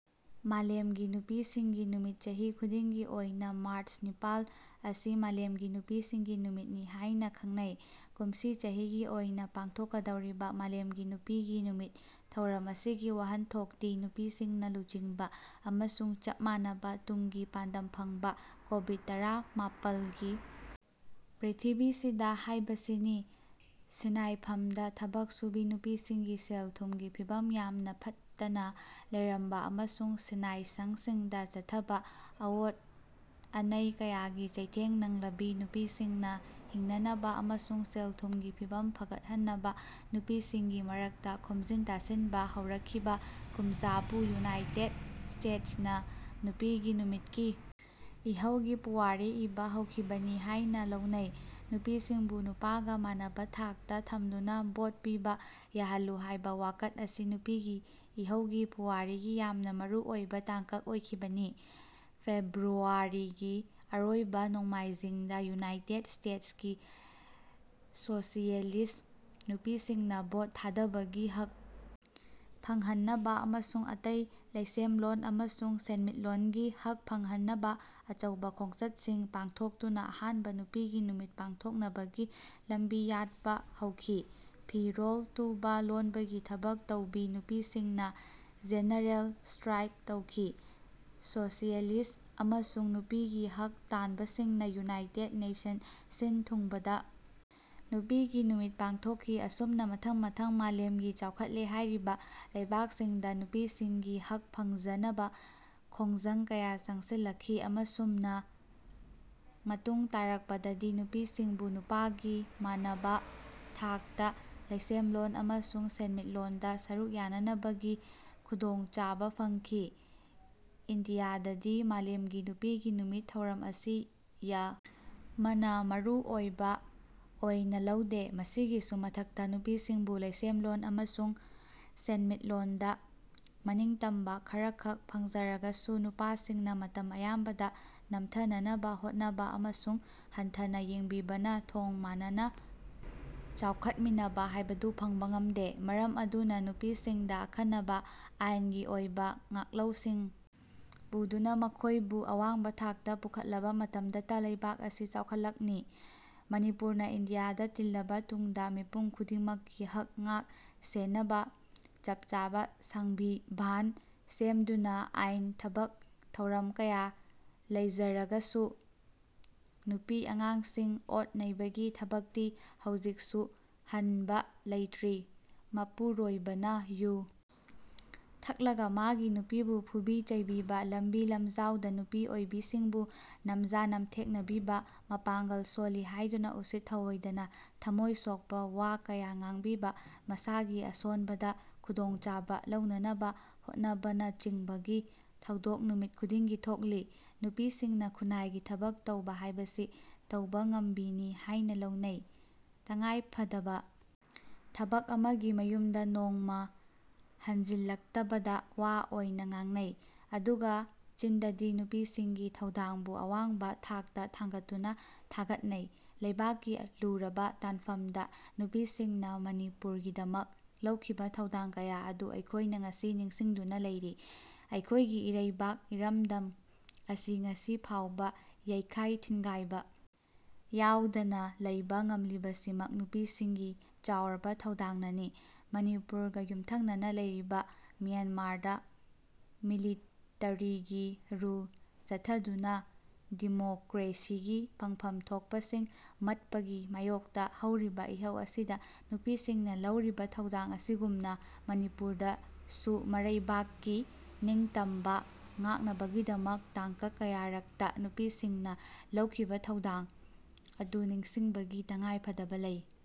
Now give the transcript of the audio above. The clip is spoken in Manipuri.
ꯃꯥꯂꯦꯝꯒꯤ ꯅꯨꯄꯤꯁꯤꯡꯒꯤ ꯅꯨꯃꯤꯠ ꯆꯍꯤ ꯈꯨꯗꯤꯡꯒꯤ ꯑꯣꯏꯅ ꯃꯥꯔꯆ ꯅꯤꯄꯥꯜ ꯑꯁꯤ ꯃꯥꯂꯦꯝꯒꯤ ꯅꯨꯄꯤꯁꯤꯡꯒꯤ ꯅꯨꯃꯤꯠ ꯅꯤ ꯍꯥꯏꯅ ꯈꯪꯅꯩ꯫ꯀꯨꯝꯁꯤ ꯆꯍꯤꯒꯤ ꯑꯣꯏꯅ ꯄꯥꯡꯊꯣꯛꯀꯗꯧꯔꯤꯕ ꯃꯥꯂꯦꯝꯒꯤ ꯅꯨꯄꯤꯒꯤ ꯅꯨꯃꯤꯠ ꯊꯧꯔꯝ ꯑꯁꯤꯒꯤ ꯋꯥꯍꯟꯊꯣꯛꯇꯤ ꯅꯨꯄꯤꯁꯤꯡꯅ ꯂꯨꯆꯤꯡꯕ ꯑꯃꯁꯨꯡ ꯆꯞ ꯃꯥꯟꯅꯕ ꯇꯨꯡꯒꯤ ꯄꯥꯟꯗꯝ ꯐꯪꯕ ꯀꯣꯚꯤꯗ-ꯇꯔꯥꯃꯥꯄꯜꯒꯤ ꯄ꯭ꯔꯤꯊꯤꯕꯤꯁꯤꯗ ꯍꯥꯏꯕꯁꯤꯅꯤ꯫ꯁꯤꯅꯥꯏꯐꯝꯗ ꯊꯕꯛ ꯁꯨꯕꯤ ꯅꯨꯄꯤꯁꯤꯡꯒꯤ ꯁꯦꯜ-ꯊꯨꯝꯒꯤ ꯐꯤꯚꯝ ꯌꯥꯝꯅ ꯐꯠꯇꯅ ꯂꯩꯔꯝꯕ ꯑꯃꯁꯨꯡ ꯁꯤꯟꯅꯥꯏꯁꯪꯁꯤꯡꯗ ꯆꯠꯊꯕ ꯑꯑꯣꯠ ꯑꯅꯩ ꯀꯌꯥꯒꯤ ꯆꯩꯊꯦꯡ ꯅꯪꯂꯕꯤ ꯅꯨꯄꯤꯁꯤꯡꯅ ꯍꯤꯡꯅꯅꯕ ꯑꯃꯁꯨꯡ ꯁꯦꯜ-ꯊꯨꯝꯒꯤ ꯐꯤꯚꯝ ꯐꯒꯠꯍꯟꯅꯕ ꯅꯨꯄꯤꯁꯤꯡꯒꯤ ꯃꯔꯛꯇ ꯈꯣꯝꯖꯤꯟ-ꯇꯥꯁꯤꯟꯕ ꯍꯧꯔꯛꯈꯤꯕ ꯀꯨꯝꯖꯥꯕꯨ ꯌꯨꯅꯥꯏꯇꯦꯗ ꯁ꯭ꯇꯦꯠꯁꯅ ꯅꯨꯄꯤꯒꯤ ꯅꯨꯃꯤꯠꯀꯤ ꯏꯍꯧꯒꯤ ꯄꯨꯋꯥꯔꯤ ꯏꯕ ꯍꯧꯈꯤꯕꯅꯤ ꯍꯥꯏꯅ ꯂꯧꯅꯩ꯫ꯅꯨꯄꯤꯁꯤꯡꯕꯨ ꯅꯨꯄꯥꯒ ꯃꯥꯟꯅꯕ ꯊꯥꯛꯇ ꯊꯝꯗꯨꯅ ꯚꯣꯠ ꯄꯤꯕ ꯌꯥꯍꯜꯂꯨ ꯍꯥꯏꯕ ꯋꯥꯀꯠ ꯑꯁꯤ ꯅꯨꯄꯤꯒꯤ ꯏꯍꯧꯒꯤ ꯄꯨꯋꯥꯔꯤꯒꯤ ꯌꯥꯝꯅ ꯃꯔꯨ ꯑꯣꯏꯕ ꯇꯥꯡꯀꯛ ꯑꯣꯏꯈꯤꯕꯅꯤ꯫ꯐꯦꯕ꯭ꯔꯨꯋꯥꯔꯤꯒꯤ ꯑꯔꯣꯏꯕ ꯅꯣꯡꯃꯥꯏꯖꯤꯡꯗ ꯌꯨꯅꯥꯏꯇꯦꯗ ꯁ꯭ꯇꯦꯠꯁꯀꯤ ꯁꯣꯁꯤꯌꯦꯂꯤꯁꯠ ꯅꯨꯄꯤꯁꯤꯡꯅ ꯚꯣꯠ ꯊꯥꯗꯕꯒꯤ ꯍꯛ ꯐꯪꯍꯟꯅꯕ ꯑꯃꯁꯨꯡ ꯑꯇꯩ ꯂꯩꯁꯦꯝꯂꯣꯟ ꯑꯃꯁꯨꯡ ꯁꯦꯟꯃꯤꯠꯂꯣꯟꯒꯤ ꯍꯛ ꯐꯪꯍꯟꯅꯕ ꯑꯆꯧꯕ ꯈꯣꯡꯆꯠꯁꯤꯡ ꯄꯥꯡꯊꯣꯛꯇꯨꯅ ꯑꯍꯥꯟꯕ ꯅꯨꯄꯤꯒꯤ ꯅꯨꯃꯤꯠ ꯄꯥꯡꯊꯣꯛꯅꯕꯒꯤ ꯂꯝꯕꯤ ꯌꯥꯠꯄ ꯍꯧꯈꯤ꯫ꯐꯤ-ꯔꯣꯜ ꯇꯨꯕ, ꯂꯣꯟꯕꯒꯤ ꯊꯕꯛ ꯇꯧꯕꯤ ꯅꯨꯄꯤꯁꯤꯡꯅ ꯖꯦꯅꯔꯦꯜ ꯁ꯭ꯇꯔꯥꯏꯛ ꯇꯧꯈꯤ꯫ꯁꯣꯁꯤꯌꯦꯂꯤꯁꯠ ꯑꯃꯁꯨꯡ ꯅꯨꯄꯤꯒꯤ ꯍꯛ ꯇꯥꯟꯕꯁꯤꯡꯅ ꯌꯨꯅꯤꯏꯇꯦꯠ ꯅꯦꯁꯟ ꯁꯤꯟ-ꯊꯨꯡꯕꯗ ꯅꯨꯄꯤꯒꯤ ꯅꯨꯃꯤꯠ ꯄꯥꯡꯊꯣꯛꯈꯤ꯫ꯑꯁꯨꯝꯅ ꯃꯊꯪ-ꯃꯊꯪ ꯃꯥꯂꯦꯝꯒꯤ ꯆꯥꯎꯈꯠꯂꯦ ꯍꯥꯏꯔꯤꯕ ꯂꯩꯕꯥꯛꯁꯤꯡꯗ ꯅꯨꯄꯤꯁꯤꯡꯒꯤ ꯍꯛ ꯐꯪꯖꯅꯕ ꯈꯣꯡꯖꯪ ꯀꯌꯥ ꯆꯪꯁꯤꯜꯂꯛꯈꯤ꯫ꯑꯃꯁꯨꯝꯅ ꯃꯇꯨꯡ ꯇꯥꯔꯛꯄꯗꯗꯤ ꯅꯨꯄꯤꯁꯤꯡꯕꯨ ꯅꯨꯄꯥꯒꯤ ꯃꯥꯟꯅꯕ ꯊꯥꯛꯇ ꯂꯩꯁꯦꯝꯂꯣꯟ ꯑꯃꯁꯨꯡ ꯁꯦꯟꯃꯤꯠꯂꯣꯟꯗ ꯁꯔꯨꯛ ꯌꯥꯅꯅꯕꯒꯤ ꯈꯨꯗꯣꯡꯆꯥꯕ ꯐꯪꯈꯤ꯫ꯏꯟꯗꯤꯌꯥꯗꯗꯤ ꯃꯥꯂꯦꯝꯒꯤ ꯅꯨꯄꯤꯒꯤ ꯅꯨꯃꯤꯠ ꯊꯧꯔꯝ ꯑꯁꯤ ꯌ ꯥꯝꯅ ꯃꯔꯨ ꯑꯣꯏꯕ ꯑꯣꯏꯅ ꯂꯧꯗꯦ꯫ꯃꯁꯤꯒꯤꯁꯨ ꯃꯊꯛꯇ ꯅꯨꯄꯤꯁꯤꯡꯕꯨ ꯂꯩꯁꯦꯝꯂꯣꯟ ꯑꯃꯁꯨꯡ ꯁꯦꯟꯃꯤꯠꯂꯣꯟꯗ ꯃꯅꯤꯡꯇꯝꯕ ꯈꯔꯈꯛ ꯐꯪꯖꯔꯒꯁꯨ ꯅꯨꯄꯥꯁꯤꯡꯅ ꯃꯇꯝ ꯑꯌꯥꯝꯕꯗ ꯅꯝꯊꯅꯅꯕ ꯍꯣꯠꯅꯕ ꯑꯃꯁꯨꯡ ꯍꯟꯊꯅ ꯌꯦꯡꯕꯤꯕꯅ ꯊꯣꯡ ꯃꯥꯟꯅꯅ ꯆꯥꯎꯈꯠꯃꯤꯟꯅꯕ ꯍꯥꯏꯕꯗꯨ ꯐꯪꯕ ꯉꯝꯗꯦ꯫ꯃꯔꯝ ꯑꯗꯨꯅ ꯅꯨꯄꯤꯁꯤꯡꯗ ꯑꯈꯟꯅꯕ ꯑꯥꯏꯟꯒꯤ ꯑꯣꯏꯕ ꯉꯥꯛꯂꯧꯁꯤꯡ ꯄꯨꯗꯨꯅ ꯃꯈꯣꯏꯕꯨ ꯑꯋꯥꯡꯕ ꯊꯥꯛꯇ ꯄꯨꯈꯠꯂꯕ ꯃꯇꯝꯗꯇ ꯂꯩꯕꯥꯛ ꯑꯁꯤ ꯆꯥꯎꯈꯠꯂꯛꯅꯤ꯫ꯃꯅꯤꯄꯨꯔꯅ ꯏꯟꯗꯤꯌꯥꯗ ꯇꯤꯜꯂꯕ ꯇꯨꯡꯗ ꯃꯤꯄꯨꯝ ꯈꯨꯗꯤꯡꯃꯛꯀꯤ ꯍꯛ ꯉꯥꯛ-ꯁꯦꯟꯅꯕ ꯆꯞ ꯆꯥꯕ ꯁꯪꯕꯤꯚꯥꯟ ꯁꯦꯝꯗꯨꯅ ꯑꯥꯏꯟ ꯊꯕꯛ ꯊꯧꯔꯝ ꯀꯌꯥ ꯂꯩꯖꯔꯒꯁꯨ ꯅꯨꯄꯤ-ꯑꯉꯥꯡꯁꯤꯡ ꯑꯣꯠ ꯅꯩꯕꯒꯤ ꯊꯕꯛꯇꯤ ꯍꯧꯖꯤꯛꯁꯨ ꯍꯟꯕ ꯂꯩꯇ꯭ꯔꯤ꯫ꯃꯄꯨꯔꯣꯏꯕꯅ ꯌꯨ ꯊꯛꯂꯒ ꯃꯥꯒꯤ ꯅꯨꯄꯤꯕꯨ ꯐꯨꯕꯤ-ꯆꯩꯕꯤꯕ, ꯂꯝꯕꯤ-ꯂꯝꯖꯥꯎꯗ ꯅꯨꯄꯤ ꯑꯣꯏꯕꯤꯁꯤꯡꯕꯨ ꯅꯝꯖꯥ-ꯅꯝꯊꯦꯛꯅꯕꯤꯕ, ꯃꯄꯥꯡꯒꯜ ꯁꯣꯜꯂꯤ ꯍꯥꯏꯗꯨꯅ ꯎꯁꯤꯠ-ꯊꯑꯣꯏꯗꯅ ꯊꯝꯃꯣꯏ ꯁꯣꯛꯄ ꯋꯥ ꯀꯌꯥ ꯉꯥꯡꯕꯤꯕ, ꯃꯁꯥꯒꯤ ꯑꯁꯣꯟꯕꯗ ꯈꯨꯗꯣꯡꯆꯥꯕ ꯂꯧꯅꯅꯕ ꯍꯣꯠꯅꯕꯅꯆꯤꯡꯕꯒꯤ ꯊꯧꯗꯣꯛ ꯅꯨꯃꯤꯠ ꯈꯨꯗꯤꯡꯒꯤ ꯊꯣꯛꯂꯤ꯫ꯅꯨꯄꯤꯁꯤꯡꯅ ꯈꯨꯟꯅꯥꯏꯒꯤ ꯊꯕꯛ ꯇꯧꯕ ꯍꯥꯏꯕꯁꯤ ꯇꯧꯕꯉꯝꯕꯤꯅꯤ ꯍꯥꯏꯅ ꯂꯧꯅꯩ꯫ꯇꯉꯥꯏꯐꯗꯕ ꯊꯕꯛ ꯑꯃꯒꯤ ꯃꯌꯨꯝꯗ ꯅꯣꯡꯃꯥ ꯍꯟꯖꯤꯜꯂꯛꯇꯕꯗ ꯋꯥ ꯑꯣꯏꯅ ꯉꯥꯡꯅꯩ꯫ꯑꯗꯨꯒ ꯆꯤꯟꯗꯗꯤ ꯅꯨꯄꯤꯁꯤꯡꯒꯤ ꯊꯧꯗꯥꯡꯕꯨ ꯑꯋꯥꯡꯕ ꯊꯥꯛꯇ ꯊꯥꯡꯒꯠꯇꯨꯅ ꯊꯥꯒꯠꯅꯩ꯫ꯂꯩꯕꯥꯛꯀꯤ ꯂꯨꯔꯕ ꯇꯥꯟꯐꯝꯗ ꯅꯨꯄꯤꯁꯤꯡꯅ ꯃꯅꯤꯄꯨꯔꯒꯤꯗꯃꯛ ꯂꯧꯈꯤꯕ ꯊꯧꯗꯥꯡ ꯀꯌꯥ ꯑꯗꯨ ꯑꯩꯈꯣꯏꯅ ꯉꯁꯤ ꯅꯤꯡꯁꯤꯡꯗꯨꯅ ꯂꯩꯔꯤ꯫ꯑꯩꯈꯣꯏꯒꯤ ꯏꯔꯩꯕꯥꯛ ꯏꯔꯝꯗꯝ ꯑꯁꯤ ꯉꯁꯤ ꯐꯥꯎꯕ ꯌꯩꯈꯥꯏ-ꯊꯤꯟꯒꯥꯏꯕ ꯌꯥꯎꯗꯅ ꯂꯩꯕ ꯉꯝꯂꯤꯕꯁꯤꯃꯛ ꯅꯨꯄꯤꯁꯤꯡꯒꯤ ꯆꯥꯎꯔꯕ ꯊꯧꯗꯥꯡꯅꯅꯤ꯫ꯃꯅꯤꯄꯨꯔꯒ ꯌꯨꯝꯊꯪꯅꯅ ꯂꯩꯔꯤꯕ ꯃ꯭ꯌꯥꯟꯃꯥꯔꯗ ꯃꯤꯂꯤꯇꯔꯤꯒꯤ ꯔꯨꯜ ꯆꯠꯊꯗꯨꯅ ꯗꯤꯃꯣꯀ꯭ꯔꯦꯁꯤꯒꯤ ꯐꯪꯐꯝ ꯊꯣꯛꯄꯁꯤꯡ ꯃꯠꯄꯒꯤ ꯃꯥꯌꯣꯛꯇ ꯍꯧꯔꯤꯕ ꯏꯍꯧ ꯑꯁꯤꯗ ꯅꯨꯄꯤꯁꯤꯡꯅ ꯂꯧꯔꯤꯕ ꯊꯧꯗꯥꯡ ꯑꯁꯤꯒꯨꯝꯅ ꯃꯅꯤꯄꯨꯔꯗꯁꯨꯃꯔꯩꯕꯥꯛꯀꯤ ꯅꯤꯡꯇꯝꯕ ꯉꯥꯛꯅꯕꯒꯤꯗꯃꯛ ꯇꯥꯡꯀꯛ ꯀꯌꯥꯔꯛꯇ ꯅꯨꯄꯤꯁꯤꯡꯅ ꯂꯧꯈꯤꯕ ꯊꯧꯗꯥꯡ ꯑꯗꯨ ꯅꯤꯡꯁꯤꯡꯕꯒꯤ ꯇꯉꯥꯏꯐꯗꯕ ꯂꯩ꯫